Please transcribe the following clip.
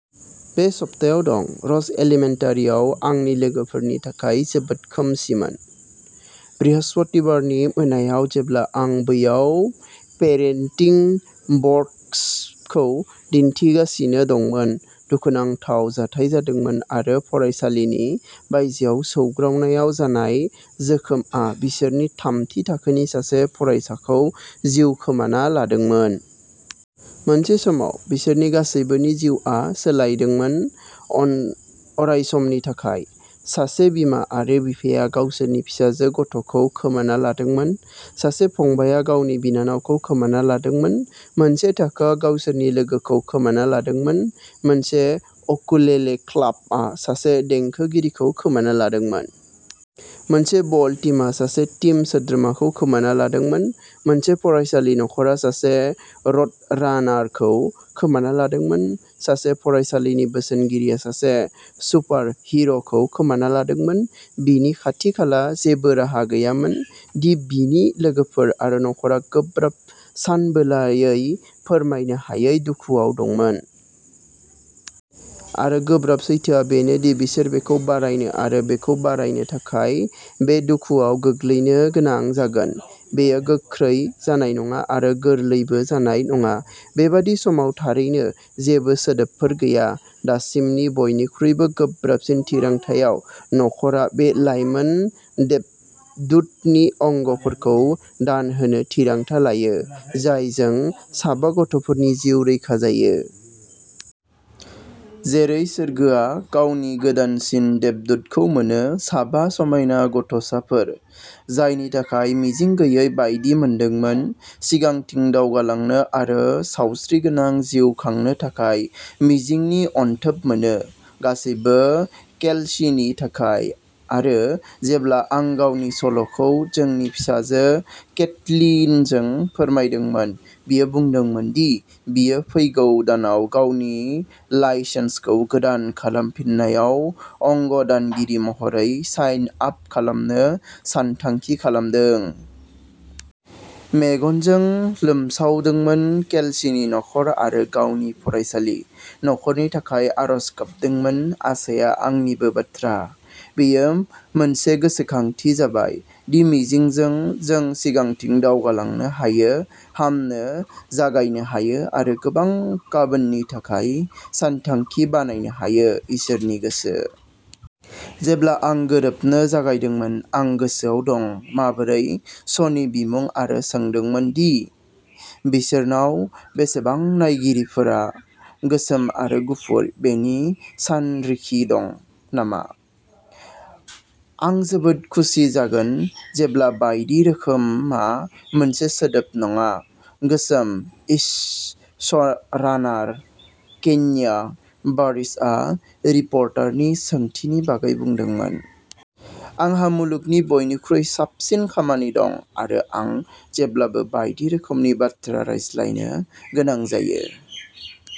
बे सप्तायाव दं। रस एलिमेन्टारिआव आंनि लोगोफोरनि थाखाय जोबोद खोमसिमोन। बृहस्पतिबारनि मोनायाव जेब्ला आं बैयाव पेरेन्टिं वर्कसपखौ दिन्थिगासिनो दंमोन, दुखुनांथाव जाथाय जादोंमोन आरो फरायसालिनि बायजोआव सौग्रावनायाव जानाय जोखोमआ बिसोरनि थामथि थाखोनि सासे फरायसाखौ जिउ खोमाना लादोंमोन। मोनसे समाव, बिसोरनि गासैबोनि जिउआ सोलायदोंमोन। अरायसमनि थाखाय। सासे बिमा आरो बिफाया गावसोरनि फिसाजो गथ'खौ खोमाना लादोंमोन। सासे फंबायआ गावनि बिनानावखौ खोमाना लादोंमोन। मोनसे थाखोआ गावसोरनि लोगोखौ खोमाना लादोंमोन। मोनसे उकुलेले क्लाबआ सासे देंखोगिरिखौ खोमाना लादोंमोन। मोनसे बल टीमा सासे टीम सोद्रोमाखौ खोमाना लादोंमोन। मोनसे फरायसालि नखरा सासे र'डरानारखौ खोमाना लादोंमोन। सासे फरायसालि बोसोनगिरिया सासे सुपारहिर'खौ खोमाना लादोंमोन। बिनि खाथि-खाला जेबो राहा गैयामोन दि बिनि लोगोफोर आरो नखरा गोब्राब, सानबोलायै, फोरमायनो हायै दुखुआव दंमोन। आरो गोब्राब सैथोआ बेनो दि बिसोर बेखौ बारायनो आरो बेखौ बारायनो थाखाय बे दुखुआव गोग्लैनो गोनां जागोन। बेयो गोख्रै जानाय नङा आरो गोरलैबो जानाय नङा। बेबादि समाव थारैनो जेबो सोदोबफोर गैया। दासिमनि बयनिख्रुइबो गोब्राबसिन थिरांथायाव, न'खरआ बे लाइमोन देबदूतनि अंगफोरखौ दान होनो थिरांथा लायो, जायजों साबा गथ'फोरनि जिउ रैखा जायो। जेरै सोरगोआ गावनि गोदानसिन देबदूतखौ मोनो, साबा समायना गथ'साफोर, जायनि थाखाय मिजिं गैयै बायदि मोनदोंमोन, सिगांथिं दावगालांनो आरो सावस्रिगोनां जिउ खांनो थाखाय मिजिंनि अनथोब मोनो। गासैबो केल्सीनि थाखाय। आरो जेब्ला आं गावनि सल'खौ जोंनि फिसाजो केटलिनजों फोरमायदोंमोन, बियो बुंदोंमोन दि बियो फैगौ दानाव गावनि लाइसेन्सखौ गोदान खालामफिननायाव अंग दानगिरि महरै साइन आप खालामनो सानथांखि खालामदों। मेगन मोदैजों लोमसावदोंमोन। केल्सीनि नखर आरो गावनि फरायसालि नखरनि थाखाय आरज गाबदोंमोन। आसाया आंनिबो बाथ्रा। बेयो मोनसे गोसोखांथि जाबाय दि मिजिंजों जों सिगांथिं दावगालांनो हायो, हामनो जागायनो हायो, आरो गोबां गाबोननि थाखाय सानथांखि बानायनो हायो; इसोरनि गोसो। जेब्ला आं गोरोबनो जागायदोंमोन आं गोसोआव दं माबोरै। श'नि बिमुं आरो सोंदोंमोन दि बिसोरनाव बेसेबां नायगिरिफोरा गोसोम आरो गुफुर बेनि सानरिखि दं नामा। "आं जोबोद खुसि जागोन जेब्ला बायदि रोखोमआ मोनसे सोदोब नङा", गोसोम-इश श'रानार केन्या बारिसआ रिपर्टारनि सोंथिनि बागै बुंदोंमोन। "आंहा मुलुगनि बयनिख्रुइ साबसिन खामानि दं आरो आं जेब्लाबो बायदि रोखोमनि बाथ्रा रायज्लायनो गोनां जायो।